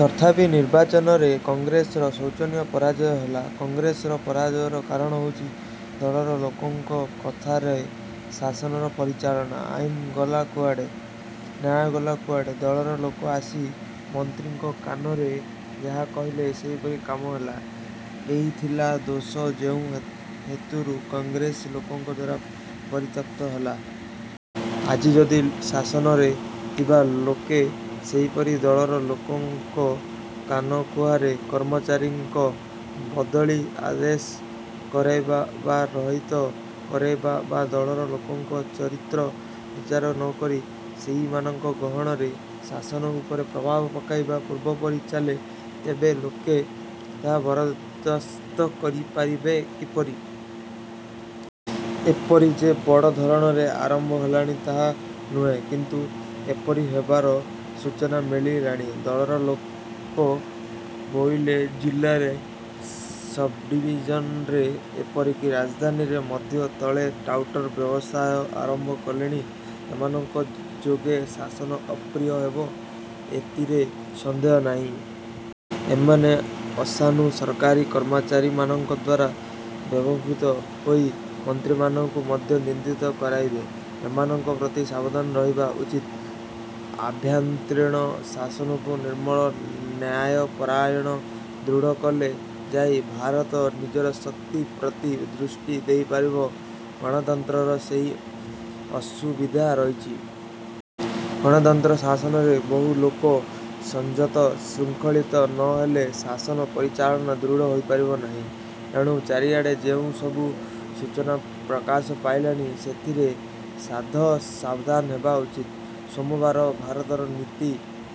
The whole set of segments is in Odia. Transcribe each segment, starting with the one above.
ତଥାପି ନିର୍ବାଚନରେ କଂଗ୍ରେସର ଶୋଚନୀୟ ପରାଜୟ ହେଲା। କଂଗ୍ରେସର ପରାଜୟର କାରଣ ହେଉଚି, ଦଳର ଲୋକଙ୍କ କଥାରେ ଶାସନର ପରିଚାଳନା। ଆଇନ ଗଲା କୁଆଡ଼େ, ନ୍ୟାୟ ଗଲା କୁଆଡ଼େ, ଦଳର ଲୋକ ଆସି ମନ୍ତ୍ରୀଙ୍କ କାନରେ ଯାହା କହିଲେ, ସେହିପରି କାମ ହେଲା। ଏଇ ଥିଲା ଦୋଷ, ଯେଉଁ ହେତୁରୁ କଂଗ୍ରେସ ଲୋକଙ୍କଦ୍ୱାରା ପରିତ୍ୟକ୍ତ ହେଲା। ଆଜି ଯଦି ଶାସନରେ ଥିବା ଲୋକେ ସେହିପରି ଦଳର ଲୋକଙ୍କ କାନକୁହାରେ କର୍ମଚାରୀଙ୍କ ବଦଳି ଆଦେଶ କରାଇବା ବା ରହିତ କରାଇବା ବା ଦଳର ଲୋକଙ୍କ ଚରିତ୍ର ବିଚାର ନକରି ସେହିମାନଙ୍କ ଗହଣରେ ଶାସନ ଉପରେ ପ୍ରଭାବ ପକାଇବା ପୂର୍ବପରି ଚାଲେ, ତେବେ ଲୋକେ ତାହା ବରଦାସ୍ତ କରିବେ କିପରି? ଏପରି ଯେ ବଡ଼ ଧରଣରେ ଆରମ୍ଭ ହେଲାଣି ତାହା ନୁହେଁ; କିନ୍ତୁ ଏପରି ହେବାର ସୂଚନା ମିଳିଲାଣି। ଦଳର ଲୋକ ବୋଇଲେ ଜିଲାରେ ସବ୍ଡ଼ିଭିଜନରେ ଏପରିକି ରାଜଧାନୀରେ ମଧ୍ୟ ଦଳେ ଟାଉଟର ବ୍ୟବସାୟ ଆରମ୍ଭ କଲେଣି। ଏମାନଙ୍କ ଯୋଗେ ଶାସନ ଅପ୍ରିୟ ହେବ, ଏତିରେ ସନ୍ଦେହ ନାହିଁ। ଏମାନେ ଅସାଧୁ ସରକାରୀ କର୍ମଚାରୀମାନଙ୍କ ଦ୍ୱାରା ବ୍ୟବହୃତ ହୋଇ ମନ୍ତ୍ରୀମାନଙ୍କୁ ମଧ୍ୟ ନିନ୍ଦିତ କରାଇବେ। ଏମାନଙ୍କ ପ୍ରତି ସାବଧାନ ରହିବା ଉଚିତ। ଆଭ୍ୟନ୍ତରୀଣ ଶାସନକୁ ନିର୍ମଳ ନ୍ୟାୟପରାୟଣ ଦୃଢ଼ କଲେ ଯାଇ ଭାରତ ନିଜର ଶକ୍ତି ପ୍ରତି ଦୃଷ୍ଟି ଦେଇପାରିବ। ଗଣତନ୍ତ୍ରରେ ସେହି ଅସୁବିଧା ରହିଛି। ଗଣତନ୍ତ୍ର ଶାସନରେ ବହୁ ଲୋକ ସଂଯତ ଶୃଙ୍ଖଳିତ ନ ହେଲେ ଶାସନ ପରିଚାଳନା ଦୃଢ଼ ହୋଇପାରିବ ନାହିଁ। ଏଣୁ ଚାରିଆଡ଼େ ଯେଉଁ ସବୁ ସୂଚନା ପ୍ରକାଶ ପାଇଲାଣି, ସେଥିରେ ସାଧ ସାବଧାନ ହେବା ଉଚିତ। ସୋମବାର ଭାରତର ନୀତି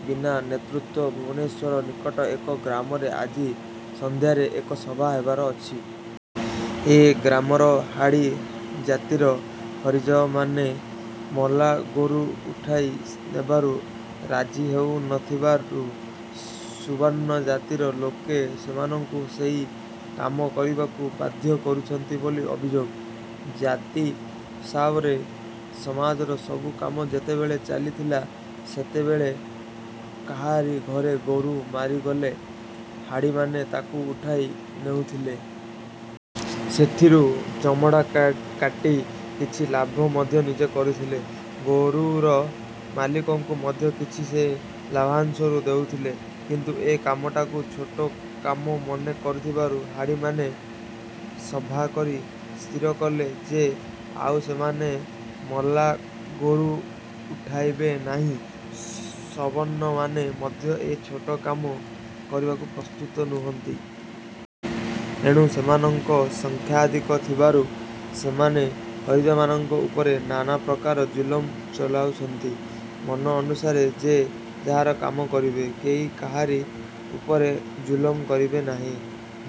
ବିନା ନେତୃତ୍ୱ ଭୁବନେଶ୍ୱର ନିକଟ ଏକ ଗ୍ରାମରେ ଆଜି ସନ୍ଧ୍ୟାରେ ଏକ ସଭା ହେବାର ଅଛି। ଏ ଗ୍ରାମର ହାଡ଼ି ଜାତିର ହରିଜନମାନେ ମଲା ଗୋରୁ ଉଠାଇ ନେବାକୁ ରାଜି ହେଉ ନ ଥିବାରୁ ସୁବର୍ଣ୍ଣ ଜାତିର ଲୋକେ ସେମାନଙ୍କୁ ସେହି କାମ କରିବାକୁ ବାଧ୍ୟ କରୁଛନ୍ତି ବୋଲି ଅଭିଯୋଗ। ଜାତି ହିସାବରେ ସମାଜର ସବୁ କାମ ଯେତେବେଳେ ଚାଲିଥିଲା, ସେତେବେଳେ କାହାରି ଘରେ ଗୋରୁ ମରିଗଲେ, ହାଡ଼ିମାନେ ତାକୁ ଉଠାଇ ନେଉଥିଲେ। ସେଥିରୁ ଚମଡ଼ା କାଟି କିଛି ଲାଭ ମଧ୍ୟ ନିଜେ କରୁଥିଲେ। ଗୋରୁର ମାଲିକଙ୍କୁ ମଧ୍ୟ କିଛି ସେ ଲାଭାଂଶରୁ ଦେଉଥିଲେ; କିନ୍ତୁ ଏ କାମଟାକୁ ଛୋଟ କାମ ମନେ କରିବାରୁ ହାଡ଼ିମାନେ ସଭାକରି ସ୍ଥିରକଲେ ଯେ ଆଉ ସେମାନେ ମଲା ଗୋରୁ ଉଠାଇବେ ନାହିଁ। ସବର୍ଣ୍ଣମାନେ ମଧ୍ୟ ଏ ଛୋଟ କାମ କରିବାକୁ ପ୍ରସ୍ତୁତ ନୁହନ୍ତି। ଏଣୁ ସେମାନଙ୍କ ସଂଖ୍ୟାଧିକ ଥିବାରୁ ସେମାନେ ହରିଜନମାନଙ୍କ ଉପରେ ନାନା ପ୍ରକାର ଜୁଲମ ଚଳାଇଛନ୍ତି। ମନ ଅନୁସାରେ ଯେ ଯାହାର କାମ କରିବେ, କେହି କାହାରି ଉପରେ ଜୁଲମ କରିବେ ନାହିଁ,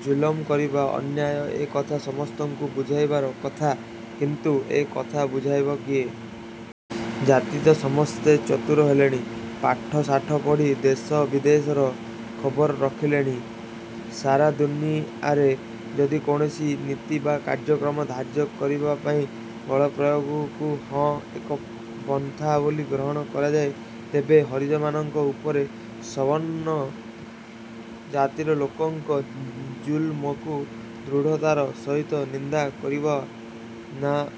ଜୁଲମ କରିବା ଅନ୍ୟାୟ ଏ କଥା ସମସ୍ତଙ୍କୁ ବୁଝାଇବାର କଥା, କିନ୍ତୁ ଏ କଥା ବୁଝାଇବ କିଏ? ଆଜି ତ ସମସ୍ତେ ଚତୁର ହେଲେଣି, ପାଠଶାଠ ପଢ଼ି ଦେଶ ବିଦେଶର ଖବର ରଖିଲେଣି। ସାରା ଦୁନିଆରେ ଯଦି କୌଣସି ନୀତି ବା କାର୍ଯ୍ୟକ୍ରମ ଧାର୍ଯ୍ୟ କରିବାପାଇଁ ବଳ ପ୍ରୟୋଗକୁ ହିଁ ଏକ ପନ୍ଥା ବୋଲି ଗ୍ରହଣ କରାଯାଏ, ତେବେ ହରିଜନମାନଙ୍କ ଉପରେ ସବର୍ଣ୍ଣ ଜାତିର ଲୋକଙ୍କ ଜୁଲମକୁ ଦୃଢ଼ତାର ସହିତ ନିନ୍ଦା କରିବ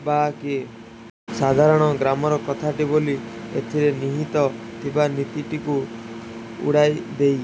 ବା କିଏ? ସାଧାରଣ ଗ୍ରାମର କଥାଟି ବୋଲି ଏଥିରେ ନିହିତ ଥିବା ନୀତିଟିକୁ ଉଡ଼ାଇ ଦେଇ